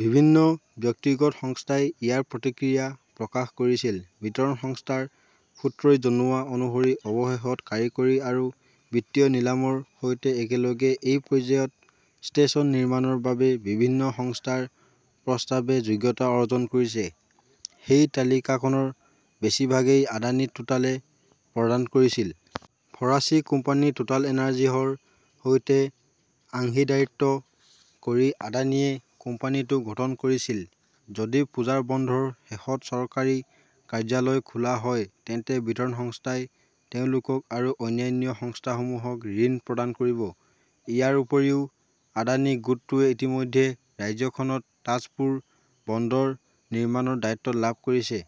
বিভিন্ন ব্যক্তিগত সংস্থাই ইয়াৰ প্ৰতিক্ৰিয়া প্ৰকাশ কৰিছিল। বিতৰণ সংস্থাৰ সূত্ৰই জনোৱা অনুসৰি অৱশেষত কাৰিকৰী আৰু বিত্তীয় নিলামৰ সৈতে একেলগে এই পৰ্যায়ত ষ্টেচন নিৰ্মাণৰ বাবে বিভিন্ন সংস্থাৰ প্ৰস্তাৱে যোগ্যতা অৰ্জন কৰিছে। সেই তালিকাখনৰ বেছিভাগেই আদানী টোটালে প্ৰদান কৰিছিল। ফৰাচী কোম্পানী টোটাল এনাৰ্জিসৰ সৈতে অংশীদাৰীত্ব কৰি আদানীয়ে কোম্পানীটো গঠন কৰিছিল। যদি পূজাৰ বন্ধৰ শেষত চৰকাৰী কাৰ্যালয় খোলা হয়, তেন্তে বিতৰণ সংস্থাই তেওঁলোকক আৰু অন্যান্য সংস্থাসমূহক ঋণ প্ৰদান কৰিব। ইয়াৰ উপৰিও, আদানী গোটটোৱে ইতিমধ্যে ৰাজ্যখনত তাজপুৰ বন্দৰ নিৰ্মাণৰ দায়িত্ব লাভ কৰিছে।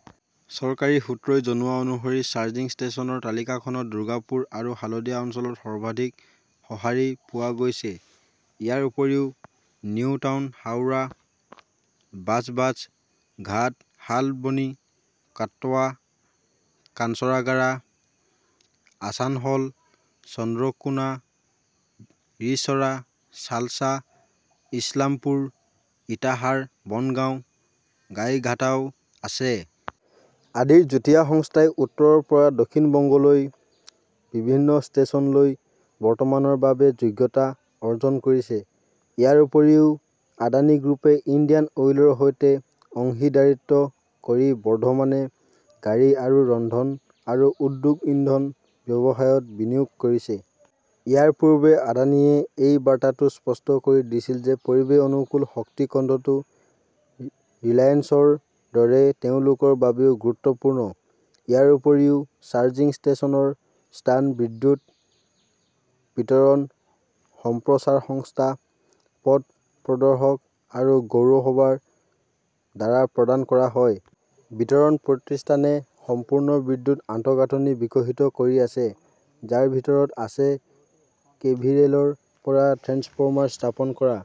চৰকাৰী সূত্ৰই জনোৱা অনুসৰি চাৰ্জিং ষ্টেচনৰ তালিকাখনত দুৰ্গাপুৰ আৰু হালদিয়া অঞ্চলত সৰ্বাধিক সঁহাৰি পোৱা গৈছে। ইয়াৰ উপৰিও নিউটাউন, হাওৰা, বাজবাজ, ঘাট, শালবনী, কাটৱা, কাঞ্চৰাপাড়া, আছানসল, চন্দ্ৰকোনা, ৰিশ্বৰা, চালছা, ইছলামপুৰ, ইটাহাৰ, বনগাঁও, গাইঘাটাও আছে। আদিৰ যুটীয়া সংস্থাই উত্তৰৰ পৰা দক্ষিণ বংগলৈ বিভিন্ন ষ্টেচনলৈ বৰ্তমানৰ বাবে যোগ্যতা অৰ্জন কৰিছে। ইয়াৰ উপৰিও, আদানী গ্ৰুপে ইণ্ডিয়ান অইলৰ সৈতে অংশীদাৰীত্ব কৰি বৰ্ধমানে গাড়ী আৰু ৰন্ধন আৰু উদ্যোগ ইন্ধন ব্যৱসায়ত বিনিয়োগ কৰিছে। ইয়াৰ পূৰ্বে আদানীয়ে এই বাৰ্তাটো স্পষ্ট কৰি দিছিল যে পৰিৱেশ অনুকূল শক্তি খণ্ডটো ৰিলায়েন্সৰ দৰে তেওঁলোকৰ বাবেও গুৰুত্বপূৰ্ণ। ইয়াৰ উপৰিও, চাৰ্জিং ষ্টেচনৰ স্থান বিদ্যুৎ বিতৰণ, সম্প্ৰচাৰ সংস্থা, পথ প্ৰদৰ্শক আৰু পৌৰসভাৰ দ্বাৰা প্ৰদান কৰা হয়। বিতৰণ প্ৰতিষ্ঠানে সম্পূৰ্ণ বিদ্যুৎ আন্তঃগাঁথনি বিকশিত কৰি আছে, যাৰ ভিতৰত আছে কেভি ৰে 'লৰ পৰা ট্ৰেন্সফৰ্মাৰ স্থাপন কৰা।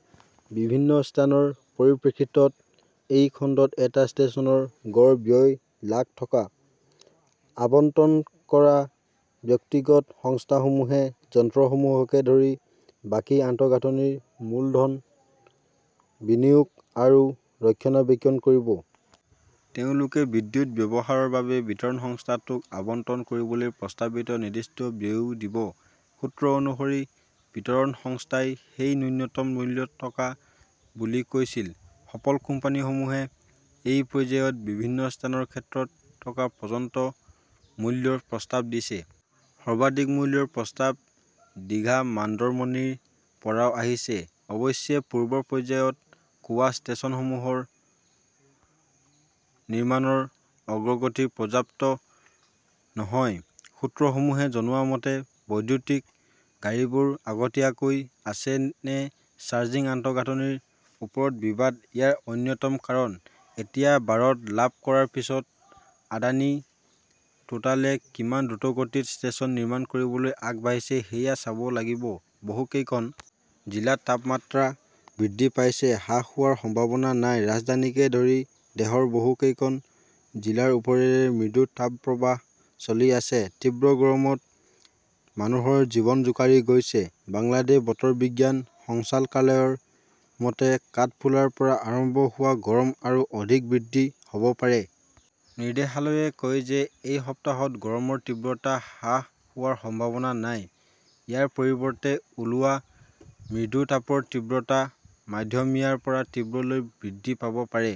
বিভিন্ন স্থানৰ পৰিপ্ৰেক্ষিতত এই খণ্ডত এটা ষ্টেচনৰ গড় ব্যয় লাখ টকা। আবণ্টন কৰা ব্যক্তিগত সংস্থাসমূহে যন্ত্ৰসমূহকে ধৰি বাকী আন্তঃগাঁথনিৰ মূলধন বিনিয়োগ আৰু ৰক্ষণাবেক্ষণ কৰিব। তেওঁলোকে বিদ্যুৎ ব্যৱহাৰৰ বাবে বিতৰণ সংস্থাটোক আবণ্টন কৰিবলৈ প্ৰস্তাৱিত নিৰ্দিষ্ট ব্যয়ও দিব। সূত্ৰ অনুসৰি, বিতৰণ সংস্থাই সেই ন্যূনতম মূল্য টকা বুলি কৈছিল। সফল কোম্পানীসমূহে এই পৰ্যায়ত বিভিন্ন স্থানৰ ক্ষেত্ৰত টকা পৰ্যন্ত মূল্যৰ প্ৰস্তাৱ দিছে। সৰ্বাধিক মূল্যৰ প্ৰস্তাৱ ডিঘা-মাণ্ডৰমনীৰ পৰাও আহিছে। অৱশ্যে পূৰ্বৰ পৰ্যায়ত কোৱা ষ্টেচনসমূহৰ নিৰ্মাণৰ অগ্ৰগতি পৰ্যাপ্ত নহয়। সূত্ৰসমূহে জনোৱা মতে, বৈদ্যুতিক গাড়ীবোৰ আগতীয়াকৈ আছে নে চাৰ্জিং আন্তঃগাঁথনিৰ ওপৰত বিবাদ ইয়াৰ অন্যতম কাৰণ। এতিয়া বাৰত লাভ কৰাৰ পিছত আদানী টোটালে কিমান দ্ৰুতগতিত ষ্টেচন নিৰ্মাণ কৰিবলৈ আগবাঢ়িছে সেয়া চাব লাগিব। বহুকেইখন জিলাত তাপমাত্ৰা বৃদ্ধি পাইছে, হ্ৰাস হোৱাৰ সম্ভাৱনা নাই ৰাজধানীকে ধৰি দেশৰ বহুকেইখন জিলাৰ ওপৰেৰে মৃদু তাপপ্ৰবাহ চলি আছে। তীব্ৰ গৰমত মানুহৰ জীৱন জোকাৰি গৈছে। বাংলাদেশ বতৰ বিজ্ঞান সঞ্চালকালয়ৰ মতে, কাঠফুলাৰ পৰা আৰম্ভ হোৱা গৰম আৰু অধিক বৃদ্ধি হʼব পাৰে। নিৰ্দেশালয়ে কয় যে এই সপ্তাহত গৰমৰ তীব্ৰতা হ্ৰাস হোৱাৰ সম্ভাৱনা নাই। ইয়াৰ পৰিৱৰ্তে, ওলোৱা মৃদু তাপৰ তীব্ৰতা মধ্যমীয়াৰ পৰা তীব্ৰলৈ বৃদ্ধি পাব পাৰে।